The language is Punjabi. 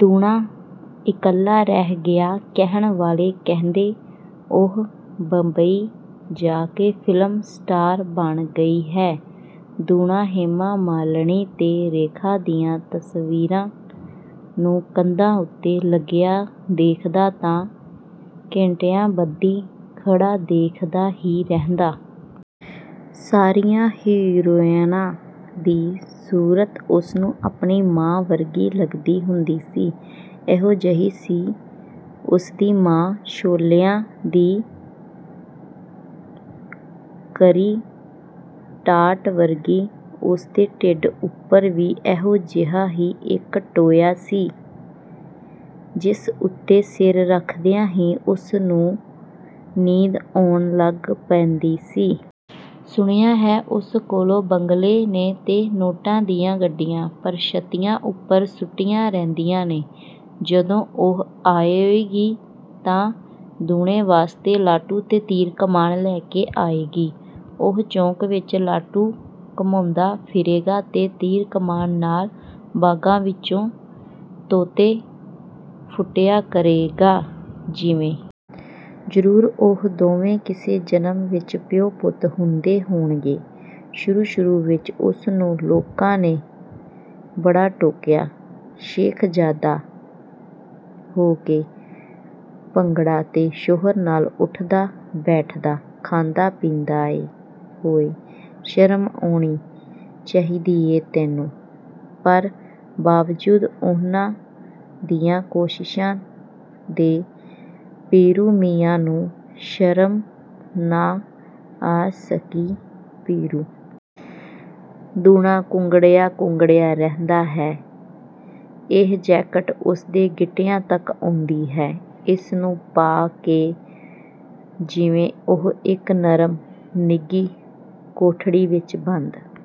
ਦੂਣਾ ਇਕੱਲਾ ਰਹਿ ਗਿਆ। ਕਹਿਣ ਵਾਲੇ ਕਹਿੰਦੇ, 'ਉਹ ਬੰਬਈ ਜਾ ਕੇ ਫ਼ਿਲਮ ਸਟਾਰ ਬਣ ਗਈ ਹੈ।' ਦੂਣਾ ਹੇਮਾ ਮਾਲਿਨੀ ਤੇ ਰੇਖਾ ਦੀਆਂ ਤਸਵੀਰਾਂ ਨੂੰ ਕੰਧਾਂ ਉੱਤੇ ਲੱਗਿਆ ਦੇਖਦਾ ਤਾਂ ਘੰਟਿਆਂਬੱਧੀ ਖੜ੍ਹਾ ਦੇਖਦਾ ਹੀ ਰਹਿੰਦਾ। ਸਾਰੀਆਂ ਹੀਰੋਇਨਾਂ ਦੀ ਸੂਰਤ ਉਸਨੂੰ ਆਪਣੀ ਮਾਂ ਵਰਗੀ ਲੱਗਦੀ ਹੁੰਦੀ ਸੀ। ਇਹੋ ਜਿਹੀ ਸੀ ਉਸਦੀ ਮਾਂ ਛੋਲਿਆਂ ਦੀ ਕਿਰੀ ਟਾਟ ਵਰਗੀ। ਉਸਦੇ ਢਿੱਡ ਉੱਪਰ ਵੀ ਇਹੋ ਜਿਹਾ ਹੀ ਇੱਕ ਟੋਇਆ ਸੀ, ਜਿਸ ਉੱਤੇ ਸਿਰ ਰੱਖਦਿਆਂ ਹੀ ਉਸਨੂੰ ਨੀਂਦ ਆਉਣ ਲੱਗ ਪੈਂਦੀ ਸੀ। ਸੁਣਿਆ ਹੈ ਉਸ ਕੋਲ ਬੰਗਲੇ ਨੇ ਤੇ ਨੋਟਾਂ ਦੀਆਂ ਗੱਡੀਆਂ ਪਰਛੱਤੀਆਂ ਉੱਪਰ ਸੁੱਟੀਆਂ ਰਹਿੰਦੀਆਂ ਨੇ। ਜਦੋਂ ਉਹ ਆਏਗੀ ਤਾਂ ਦੂਣੇ ਵਾਸਤੇ ਲਾਟੂ ਤੇ ਤੀਰ-ਕਮਾਨ ਲੈ ਕੇ ਆਏਗੀ। ਉਹ ਚੌਂਕ ਵਿੱਚ ਲਾਟੂ ਘੁਮਾਉਂਦਾ ਫਿਰੇਗਾ ਤੇ ਤੀਰ-ਕਮਾਨ ਨਾਲ ਬਾਗਾਂ ਵਿੱਚੋਂ ਤੋਤੇ ਫੁੱਟਿਆ ਕਰੇਗਾ। ਜਿਵੇਂ, ਜ਼ਰੂਰ ਉਹ ਦੋਵੇਂ ਕਿਸੇ ਜਨਮ ਵਿੱਚ ਪਿਓ-ਪੁੱਤਰ ਹੁੰਦੇ ਹੋਣਗੇ। ਸ਼ੁਰੂ-ਸ਼ੁਰੂ ਵਿੱਚ ਉਸਨੂੰ ਲੋਕਾਂ ਨੇ ਬੜਾ ਟੋਕਿਆ 'ਸ਼ੇਖਜ਼ਾਦਾ ਹੋ ਕੇ ਭੰਗੜਾਂ ਦੇ ਛੋਹਰ ਨਾਲ ਉੱਠਦਾ-ਬੈਠਦਾ, ਖਾਂਦਾ-ਪੀਂਦਾ ਏਂ ਓਏ, ਸ਼ਰਮ ਆਉਣੀ ਚਾਹੀਦੀ ਏ ਤੈਨੂੰ।' ਪਰ ਬਾਵਜੂਦ ਉਹਨਾਂ ਦੀਆਂ ਕੋਸ਼ਿਸ਼ਾਂ ਦੇ ਪੀਰੂ ਮੀਆਂ ਨੂੰ ਸ਼ਰਮ ਨਾ ਆ ਸਕੀ। ਪੀਰੂ ਦੂਣਾ ਕੁੰਗੜਿਆ-ਕੁੰਗੜਿਆ ਰਹਿੰਦਾ ਹੈ। ਇਹ ਜੈਕਟ ਉਸਦੇ ਗਿੱਟਿਆਂ ਤੱਕ ਆਉਂਦੀ ਹੈ। ਇਸ ਨੂੰ ਪਾ ਕੇ ਜਿਵੇਂ ਉਹ ਇੱਕ ਨਰਮ, ਨਿੱਘੀ ਕੋਠੜੀ ਵਿੱਚ ਬੰਦ